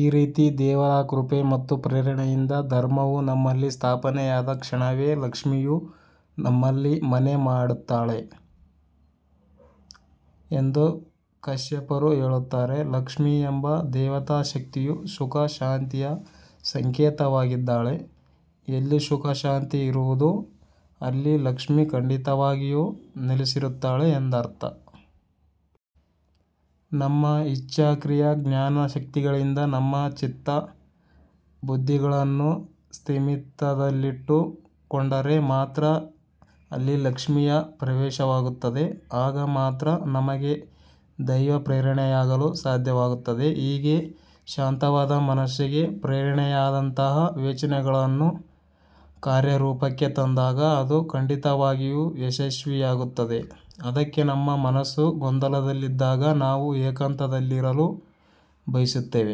ಈ ರೀತಿ ದೇವರ ಕೃಪೆ ಮತ್ತು ಪ್ರೇರಣೆಯಿಂದ ಧರ್ಮವು ನಮ್ಮಲ್ಲಿ ಸ್ಥಾಪನೆಯಾದ ಕ್ಷಣವೇ ಲಕ್ಷ್ಮಿಯು ನಮ್ಮಲ್ಲಿ ಮನೆ ಮಾಡುತ್ತಾಳೆ ಎಂದು ಕಶ್ಯಪರು ಹೇಳುತ್ತಾರೆ. ಲಕ್ಷ್ಮಿ ಎಂಬ ದೇವತಾ ಶಕ್ತಿಯು ಸುಖ ಶಾಂತಿಯ ಸಂಕೇತವಾಗಿದ್ದಾಳೆ. ಎಲ್ಲಿ ಸುಖ ಶಾಂತಿ ಇರುವುದೋ ಅಲ್ಲಿ ಲಕ್ಷ್ಮಿ ಖಂಡಿತವಾಗಿಯೂ ನೆಲೆಸಿರುತ್ತಾಳೆ ಎಂದರ್ಥ. ನಮ್ಮ ಇಚ್ಛಾ, ಕ್ರಿಯಾ, ಜ್ಞಾನ ಶಕ್ತಿಗಳಿಂದ ನಮ್ಮ ಚಿತ್ತ, ಬುದ್ಧಿಗಳನ್ನು ಸ್ಥಿಮಿತದಲ್ಲಿಟ್ಟು ಕೊಂಡರೆ ಮಾತ್ರ ಅಲ್ಲಿ ಲಕ್ಷ್ಮಿಯ ಪ್ರವೇಶವಾಗುತ್ತದೆ. ಆಗ ಮಾತ್ರ ನಮಗೆ ದೈವ ಪ್ರೇರಣೆಯಾಗಲು ಸಾಧ್ಯವಾಗುತ್ತದೆ. ಹೀಗೆ ಶಾಂತವಾದ ಮನಸ್ಸಿಗೆ ಪ್ರೇರಣೆಯಾದಂತಹ ಯೋಚನೆಗಳನ್ನು ಕಾರ್ಯರೂಪಕ್ಕೆ ತಂದಾಗ ಅದು ಖಂಡಿತವಾಗಿಯೂ ಯಶಸ್ವಿಯಾಗುತ್ತದೆ. ಅದಕ್ಕೆ ನಮ್ಮ ಮನಸ್ಸು ಗೊಂದಲದಲ್ಲಿದ್ದಾಗ ನಾವು ಏಕಾಂತದಲ್ಲಿರಲು ಬಯಸುತ್ತೇವೆ.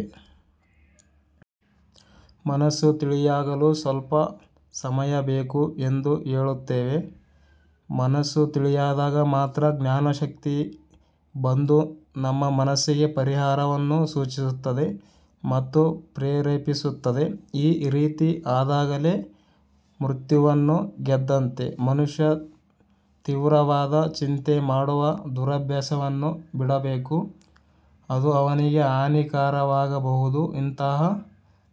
ಮನಸ್ಸು ತಿಳಿಯಾಗಲು ಸ್ವಲ್ಪ ಸಮಯ ಬೇಕು ಎಂದು ಹೇಳುತ್ತೇವೆ. ಮನಸ್ಸು ತಿಳಿಯಾದಾಗ ಮಾತ್ರ ಜ್ಞಾನಶಕ್ತಿ ಬಂದು ನಮ್ಮ ಮನಸ್ಸಿಗೆ ಪರಿಹಾರವನ್ನು ಸೂಚಿಸುತ್ತದೆ ಮತ್ತು ಪ್ರೇರೇಪಿಸುತ್ತದೆ. ಈ ರೀತಿ ಆದಾಗಲೇ ಮೃತ್ಯುವನ್ನು ಗೆದ್ದಂತೆ. ಮನುಷ್ಯ ತೀವ್ರವಾದ ಚಿಂತೆ ಮಾಡುವ ದುರಭ್ಯಾಸವನ್ನು ಬಿಡಬೇಕು. ಅದು ಅವನಿಗೆ ಹಾನಿಕಾರಕವಾಗಬಹುದು. ಇಂತಹ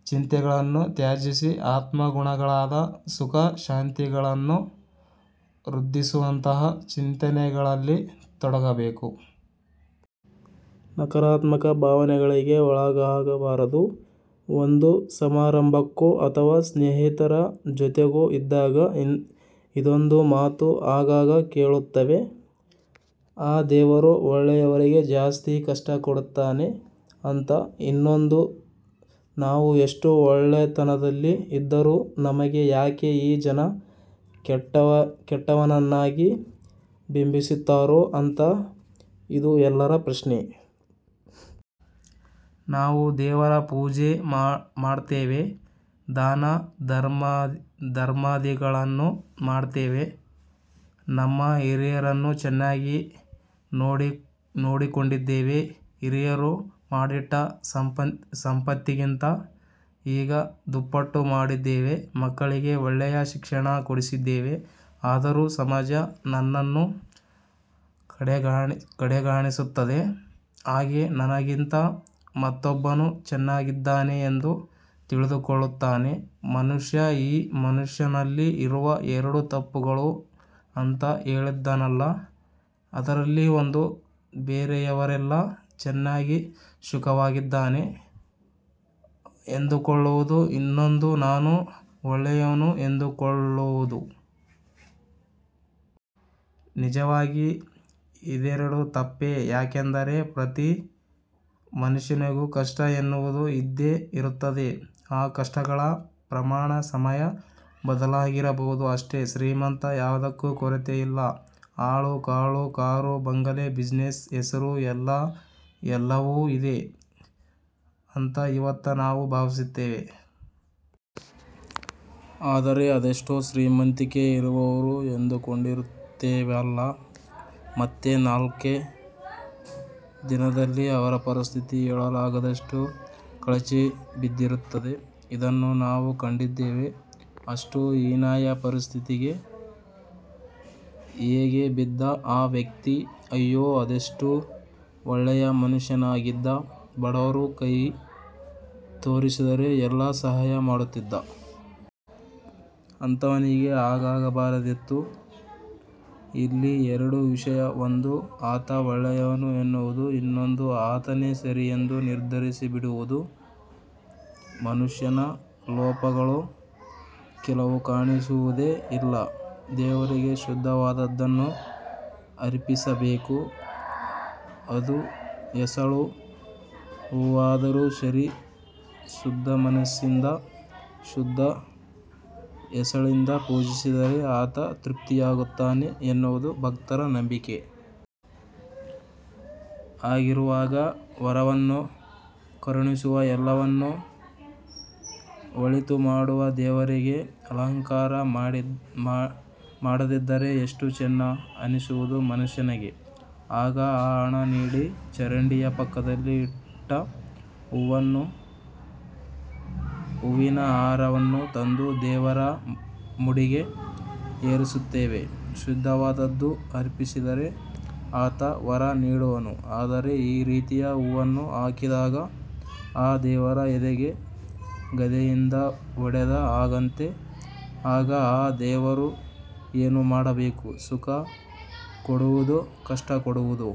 ಚಿಂತೆಗಳನ್ನು ತ್ಯಜಿಸಿ, ಆತ್ಮಗುಣಗಳಾದ ಸುಖ ಶಾಂತಿಗಳನ್ನು ವೃದ್ಧಿಸುವಂತಹ ಚಿಂತನೆಗಳಲ್ಲಿ ತೊಡಗಬೇಕು. ನಕಾರಾತ್ಮಕ ಭಾವನೆಗಳಿಗೆ ಒಳಗಾಗಬಾರದು. ಒಂದು ಸಮಾರಂಭಕ್ಕೋ, ಅಥವಾ ಸ್ನೇಹಿತರ ಜೊತೆಗೋ ಇದ್ದಾಗ ಇದೊಂದು ಮಾತು ಆಗಾಗ ಕೇಳುತ್ತೇವೆ. ಆ ದೇವರು ಒಳ್ಳೆಯವರಿಗೆ ಜಾಸ್ತಿ ಕಷ್ಟ ಕೊಡ್ತಾನೆ ಅಂತ. ಇನ್ನೊಂದು ನಾವು ಎಷ್ಟು ಒಳ್ಳೆತನದಲ್ಲಿ ಇದ್ದರೂ ನಮಗೆ ಯಾಕೆ ಈ ಜನ ಕೆಟ್ಟವನನ್ನಾಗಿ ಬಿಂಬಸ್ತಾರೋ ಅಂತ. ಇದು ಎಲ್ಲರ ಪ್ರಶ್ನೆ. ನಾವು ದೇವರ ಪೂಜೆ ಮಾಡ್ತೇವೆ. ದಾನ ಧರ್ಮಾದಿಗಳನ್ನು ಮಾಡ್ತೇವೆ. ನಮ್ಮ ಹಿರಿಯರನ್ನು ಚೆನ್ನಾಗಿ ನೋಡಿಕೊಂಡಿದ್ದೇವೆ. ಹಿರಿಯರು ಮಾಡಿಟ್ಟ ಸಂಪತ್ತಿಗಿಂತ ಈಗ ದುಪ್ಪಟ್ಟು ಮಾಡಿದ್ದೇವೆ, ಮಕ್ಕಳಿಗೆ ಒಳ್ಳೆಯ ಶಿಕ್ಷಣ ಕೊಡಿಸಿದ್ದೇವೆ ಆದರೂ ಸಮಾಜ ನನ್ನನ್ನು ಕಡೆಗಾಣಿಸುತ್ತದೆ. ಹಾಗೆ ನನಗಿಂತ ಮತ್ತೊಬ್ಬನು ಚೆನ್ನಾಗಿದ್ದಾನೆ ಎಂದು ತಿಳಿದುಕೊಳ್ಳುತ್ತಾನೆ ಮನುಷ್ಯ. ಈ ಮನುಷ್ಯನಲ್ಲಿ ಇರುವ ಎರಡು ತಪ್ಪುಗಳು ಅಂತ ಹೇಳಿದೆನಲ್ಲ ಅದರಲ್ಲಿ ಒಂದು ಬೇರೆಯವರೆಲ್ಲ ಚೆನ್ನಾಗಿ ಸುಖವಾಗಿದ್ದಾನೆ ಎಂದುಕೊಳ್ಳುವುದು ಇನ್ನೊಂದು ನಾನು ಒಳ್ಳೆಯವನು ಎಂದುಕೊಳ್ಳುವುದು. ನಿಜವಾಗಿ ಇದೆರಡು ತಪ್ಪೆ. ಯಾಕೆಂದರೆ ಪ್ರತೀ ಮನುಷ್ಯನಿಗೂ ಕಷ್ಟ ಎನ್ನುವದು ಇದ್ದೆ ಇರುತ್ತದೆ. ಆ ಕಷ್ಟಗಳ ಪ್ರಮಾಣ, ಸಮಯ ಬದಲಾಗಿರಬಹುದು ಅಷ್ಟೆ. ಶ್ರೀಮಂತ ಯಾವುದಕ್ಕೂ ಕೊರತೆ ಇಲ್ಲ. ಆಳು ಕಾಳು ಕಾರು ಬಂಗಲೆ ಬಿಜನೆಸ್ಸು ಹೆಸರು ಎಲ್ಲ ಎಲ್ಲವೂ ಇದೆ ಅಂತ ಇವತ್ತು ನಾವು ಭಾವಿಸುತ್ತೆವೆ. ಆದರೆ ಅದೆಷ್ಟೋ ಶ್ರೀಮಂತಿಕೆ ಇರುವವರು ಎಂದುಕೊಂಡಿರುತ್ತೇವಲ್ಲ ಮತ್ತೆ ನಾಲ್ಕೇ ದಿನದಲ್ಲಿ ಅವರ ಪರಿಸ್ಥಿತಿ ಹೇಳಲಾಗದಷ್ಟು ಕಳಚಿ ಬಿದ್ದಿರುತ್ತದೆ. ಇದನ್ನು ನಾವು ಕಂಡಿದ್ದೇವೆ. ಅಷ್ಟು ಹೀನಾಯ ಪರಿಸ್ಥಿತಿಗೆ ಹೇಗೆ ಬಿದ್ದ ಆ ವ್ಯಕ್ತಿ? ಅಯ್ಯೋ ಅದೆಷ್ಟು ಒಳ್ಳೆಯ ಮನುಷ್ಯನಾಗಿದ್ದ. ಬಡವರು ಕೈ ತೋರಿಸಿದರೆ ಎಲ್ಲ ಸಹಾಯ ಮಾಡುತ್ತಿದ್ದ. ಅಂಥವನಿಗೆ ಹಾಗಾಗಬಾರದಿತ್ತು. ಇಲ್ಲಿ ಎರಡು ವಿಷಯ. ಒಂದು ಆತ ಒಳ್ಳೆಯವನು ಎನ್ನುವುದು, ಇನ್ನೊಂದು ಆತನೇ ಸರಿ ಎಂದು ನಿರ್ಧರಿಸಿಬಿಡುವುದು. ಮನುಷ್ಯನ ಲೋಪಗಳು ಕೆಲವು ಕಾಣಿಸುವುದೇ ಇಲ್ಲ. ದೇವರಿಗೆ ಶುದ್ಧವಾದದ್ದನ್ನು ಅರ್ಪಿಸಬೇಕು. ಅದು ಎಸಳು ಹೂವಾದರೂ ಸರಿ ಶುದ್ಧ ಮನಸ್ಸಿಂದ ಶುದ್ದ ಎಸಳಿಂದ ಪೂಜಿಸಿದರೆ ಆತ ತೃಪ್ತಿಯಾಗುತ್ತಾನೆ ಎನ್ನುವುದು ಭಕ್ತರ ನಂಬಿಕೆ. ಹಾಗಿರುವಾಗ ವರವನ್ನು ಕರುಣಿಸುವ, ಎಲ್ಲವನ್ನು ಒಳಿತು ಮಾಡುವ ದೇವರಿಗೆ ಅಲಂಕಾರ ಮಾಡದಿದ್ದರೆ ಎಷ್ಟು ಚೆನ್ನ ಅನ್ನಿಸುವುದು ಮನುಷ್ಯನಿಗೆ. ಆಗ ಹಣ ನೀಡಿ ಚರಂಡಿಯ ಪಕ್ಕದಲ್ಲಿ ಇಟ್ಟ ಹೂವನ್ನು, ಹೂವಿನ ಹಾರವನ್ನು ತಂದು ದೇವರ ಮುಡಿಗೆ ಏರಿಸುತ್ತೇವೆ. ಶುದ್ಧವಾದದ್ದು ಅರ್ಪಿಸಿದರೆ ಆತ ವರ ನೀಡುವನು. ಆದರೆ ಈ ರೀತಿಯ ಹೂವನ್ನು ಹಾಕಿದಾಗ ಆ ದೇವರ ಎದೆಗೆ ಗದೆಯಿಂದ ಹೊಡೆದ ಹಾಗಂತೆ. ಆಗ ಆ ದೇವರು ಏನು ಮಾಡಬೇಕು, ಸುಖ ಕೊಡುವುದೋ, ಕಷ್ಟ ಕೊಡುವುದೋ.